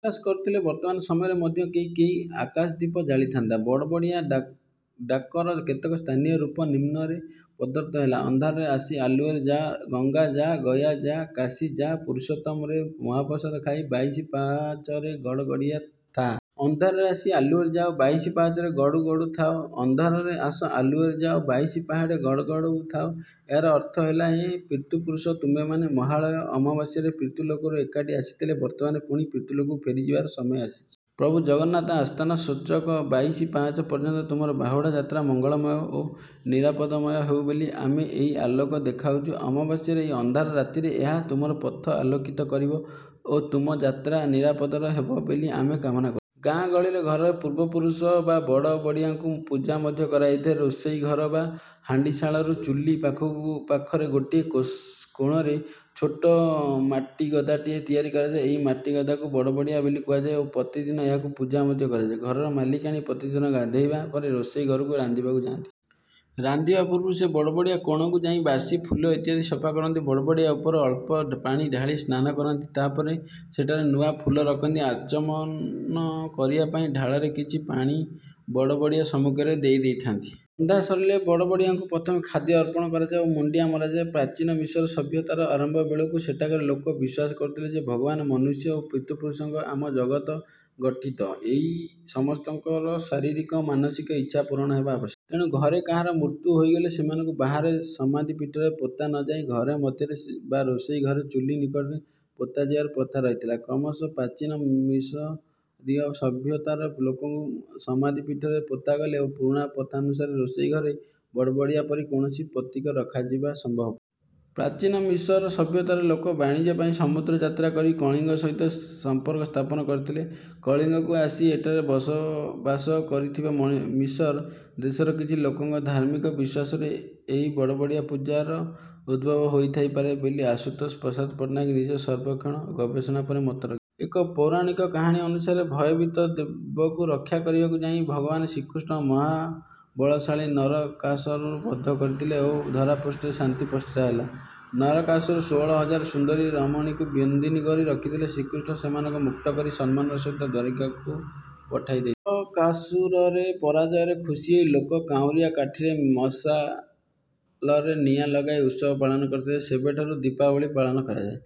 ବିଶ୍ୱାସ କରୁଥିଲେ। ବର୍ତ୍ତମାନ ସମୟରେ ମଧ୍ୟ କେଇ କେଇ ଆକାଶଦୀପ ଜାଳିଥାନ୍ତି। ବଡ଼ବଡ଼ିଆ ଡାକ ଡାକର କେତେକ ସ୍ଥାନୀୟ ରୂପ ନିମ୍ନରେ ପ୍ରଦତ୍ତ ହେଲା। ଅନ୍ଧାରରେ ଆସି ଆଲୁଅରେ ଯାଅ। ଗଙ୍ଗା ଯାଅ ଗୟା ଯାଅ କାଶୀ ଯାଅ ପୁରୁଷୋତ୍ତମରେ ମହାପ୍ରସାଦ ଖାଇ ବାଇଶି ପାହାଚରେ ଗଡ଼ଗଡ଼ିଆ ଥାଆ। ଅନ୍ଧାରେ ଆସି ଆଲୁଅରେ ଯାଅ। ବାଇଶି ପାହାଚରେ ଗଡ଼ଗଡ଼ୁ ଥାଅ।। ଅନ୍ଧାରରେ ଆସ ଆଲୁଅରେ ଯାଅ। ବାଇଶି ପହାଚେ ଗଡ଼ଗଡ଼ଉ ଥାଅ।। ଏହାର ଅର୍ଥ ହେଲା ହେ ପିତୃପୁରୁଷ। ତୁମ୍ଭେମାନେ ମହାଳୟା ଅମାବାସ୍ୟାରେ ପିତୃଲୋକରୁ ଏଠାକୁ ଆସିଥିଲ। ବର୍ତ୍ତମାନ ପୁଣି ପିତୃଲୋକକୁ ଫେରିଯିବାର ସମୟ ଆସିଛି। ପ୍ରଭୁ ଜଗନ୍ନାଥ ଆସ୍ଥାନ ସୂଚକ ବାଇଶି ପାହାଚ ପର୍ଯ୍ୟନ୍ତ ତୁମର ବାହୁଡ଼ା ଯାତ୍ରା ମଙ୍ଗଳମୟ ଓ ନିରାପଦମୟ ହେଉ ବୋଲି ଆମେ ଏଇ ଆଲୋକ ଦେଖାଉଚୁ । ଅମାବାସ୍ୟାର ଏହି ଅନ୍ଧାର ରାତିରେ ଏହା ତୁମର ପଥ ଆଲୋକିତ କରିବ ଓ ତୁମ ଯାତ୍ରା ନିରାପଦମୟ ହେବ ବୋଲି ଆମେ କାମନା କରୁଛୁ। ଗାଁ ଗହଳିରେ ଘରର ପୂର୍ବପୁରୁଷ ବା ବଡ଼ବଡ଼ିଆଙ୍କୁ ପୂଜା ମଧ୍ୟ କରାଯାଇଥାଏ। ରୋଷେଇ ଘର ବା ହାଣ୍ଡିଶାଳରୁ ଚୁଲି ପାଖକୁ ପାଖରେ ଗୋଟିଏ କୋଷ କୋଣରେ ଛୋଟ ମାଟିଗଦାଟିଏ ତିଆରି କରାଯାଏ। ଏହି ମାଟିଗଦାକୁ ବଡ଼ବଡ଼ିଆ ବୋଲି କୁହାଯାଏ ଓ ପ୍ରତିଦିନ ଏହାକୁ ପୂଜା ମଧ୍ୟ କରାଯାଏ। ଘରର ମାଲିକାଣୀ ପ୍ରତିଦିନ ଗାଧୋଇବା ପରେ ରୋଷେଇ ଘରକୁ ରାନ୍ଧିବାକୁ ଯାଆନ୍ତି। ରାନ୍ଧିବା ପୂର୍ବରୁ ସେ ବଡ଼ବଡ଼ିଆ କୋଣକୁ ଯାଇ ବାସି ଫୁଲ ଇତ୍ୟାଦି ସଫା କରନ୍ତି। ବଡ଼ବଡ଼ିଆ ଉପରେ ଅଳ୍ପ ପାଣି ଢାଳି ସ୍ନାନ କରାନ୍ତି। ତାହା ପରେ ସେଠାରେ ନୂଆ ଫୁଲ ରଖନ୍ତି। ଆଚମନ କରିବା ପାଇଁ ଢାଳରେ କିଛି ପାଣି ବଡ଼ବଡ଼ିଆ ସମ୍ମୁଖରେ ଥୋଇଦେଇଥାନ୍ତି। ରନ୍ଧା ସରିଲେ ବଡ଼ବଡ଼ିଆଙ୍କୁ ପ୍ରଥମେ ଖାଦ୍ୟ ଅର୍ପଣ କରାଯାଉ ଓ ମୁଣ୍ଡିଆ ମରାଯାଏ। ପ୍ରାଚୀନ ମିଶର୍ ସଭ୍ୟତାର ଆରମ୍ଭ ବେଳକୁ ସେଠାକାର ଲୋକେ ବିଶ୍ୱାସ କରୁଥିଲେ ଯେ ଭଗବାନ ମନୁଷ୍ୟ ଓ ପିତୃପୁରୁଷଙ୍କ ଆମ ଜଗତ ଗଠିତ। ଏଇ ସମସ୍ତଙ୍କର ଶାରୀରିକ ଓ ମାନସିକ ଇଚ୍ଛା ପୂରଣ ହେବା ଆବଶ୍ୟକ। ତେଣୁ ଘରେ କାହାର ମୃତ୍ୟୁ ହୋଇଗଲେ ସେମାନଙ୍କୁ ବାହାରେ ସମାଧିପୀଠରେ ପୋତା ନ ଯାଇ ଘର ମଧ୍ୟରେ ସବା ବା ରୋଷେଇ ଘରେ ଚୁଲି ନିକଟରେ ପୋତାଯିବାର ପ୍ରଥା ରହିଥଲା। କ୍ରମଶଃ ପ୍ରାଚୀନ ମିଶରୀୟ ସଭ୍ୟତାରେ ଲୋକଙ୍କୁ ସମାଧିପୀଠରେ ପୋତାଗଲା ଓ ପୁରୁଣା ପ୍ରଥାନୁସାରେ ରୋଷେଇ ଘରେ ବଡ଼ବଡ଼ିଆ ପରି କୌଣସି ପ୍ରତୀକ ରଖାଯିବା ସମ୍ଭବପର। ପ୍ରଚୀନ ମିଶର୍ ସଭ୍ୟତାର ଲୋକୋ ବାଣିଜ୍ୟ ପାଇଁ ସମୁଦ୍ର ଯାତ୍ରା କରି କଳିଙ୍ଗ ସହିତ ସମ୍ପର୍କ ସ୍ଥାପନ କରିଥିଲେ। କଳିଙ୍ଗକୁ ଆସି ଏଠାରେ ବସବାସ କରିଥିବା ମଣି ମିଶର୍ ଦେଶର କିଛି ଲୋକଙ୍କ ଧାର୍ମିକ ବିଶ୍ୱାସରୁ ଏହି ବଡ଼ବଡ଼ିଆ ପୂଜାର ଉଦ୍ଭବ ହୋଇଥାଇପାରେ ବୋଲି ଆଶୁତୋଷ ପ୍ରସାଦ ପଟ୍ଟନାୟକ ନିଜ ସର୍ବେକ୍ଷଣ ଓ ଗବେଷଣା ପରେ ମତ ରଖିଛନ୍ତି। ଏକ ପୌରାଣିକ କାହାଣୀ ଅନୁସାରେ ଭୟଭୀତ ଦେବଙ୍କୁ ରକ୍ଷା କରିବାକୁ ଯାଇ ଭଗବାନ ଶ୍ରୀକୃଷ୍ଣ ମହାବଳଶାଳୀ ନରକାସରରୁ ବଧ କରିଥିଲେ ଓ ଧରାପୃଷ୍ଠରେ ଶାନ୍ତି ପ୍ରତିଷ୍ଠା ହେଲା। ନରକାସୁର ଷୋହଳ ହଜାର ସୁନ୍ଦରୀ ରମଣୀଙ୍କୁ ବନ୍ଦିନୀ କରି ରଖିଥିଲା। ଶ୍ରୀକୃଷ୍ଣ ସେମାନଙ୍କୁ ମୁକ୍ତ କରି ସମ୍ମାନର ସହିତ ଦ୍ୱାରକାକୁ ପଠାଇ ଦେଇଥିଲେ। ନରକାସୁରରେ ପରାଜୟରେ ଖୁସି ହେଇ ଲୋକୋ କାଉଁରିଆ କାଠିର ମଶାଲରେ ନିଆଁ ଲଗାଇ ଉତ୍ସବ ପାଳନ କରିଥିଲେ। ସେବେଠାରୁ ଦୀପାବଳୀ ପାଳନ କରାଯାଏ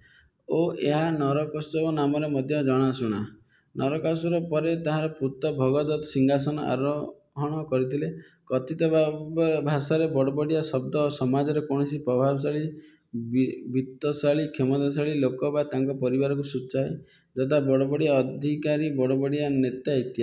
ଓ ଏହା ନରକୋତ୍ସବ ନାମରେ ମଧ୍ୟ ଜଣାଶୁଣା। ନରକାସୁର ପରେ ତାର ପୁତ ଭଗଦତ୍ତ ସିଂହାସନ ଆରୋହଣ କରିଥିଲା। କଥିତଭାବ ଭାଷାରେ ବଡ଼ବଡ଼ିଆ ଶବ୍ଦ ସମାଜର କୌଣସି ପ୍ରଭାବଶାଳୀ ବିତ୍ତଶାଳୀ କ୍ଷମତାଶାଳୀ ଲୋକ ବା ତାଙ୍କ ପରିବାରକୁ ସୂଚାଏ। ଯଥା ବଡ଼ବଡ଼ିଆ ଅଧିକାରୀ ବଡ଼ବଡ଼ିଆ ନେତା ଇତ୍ୟାଦି।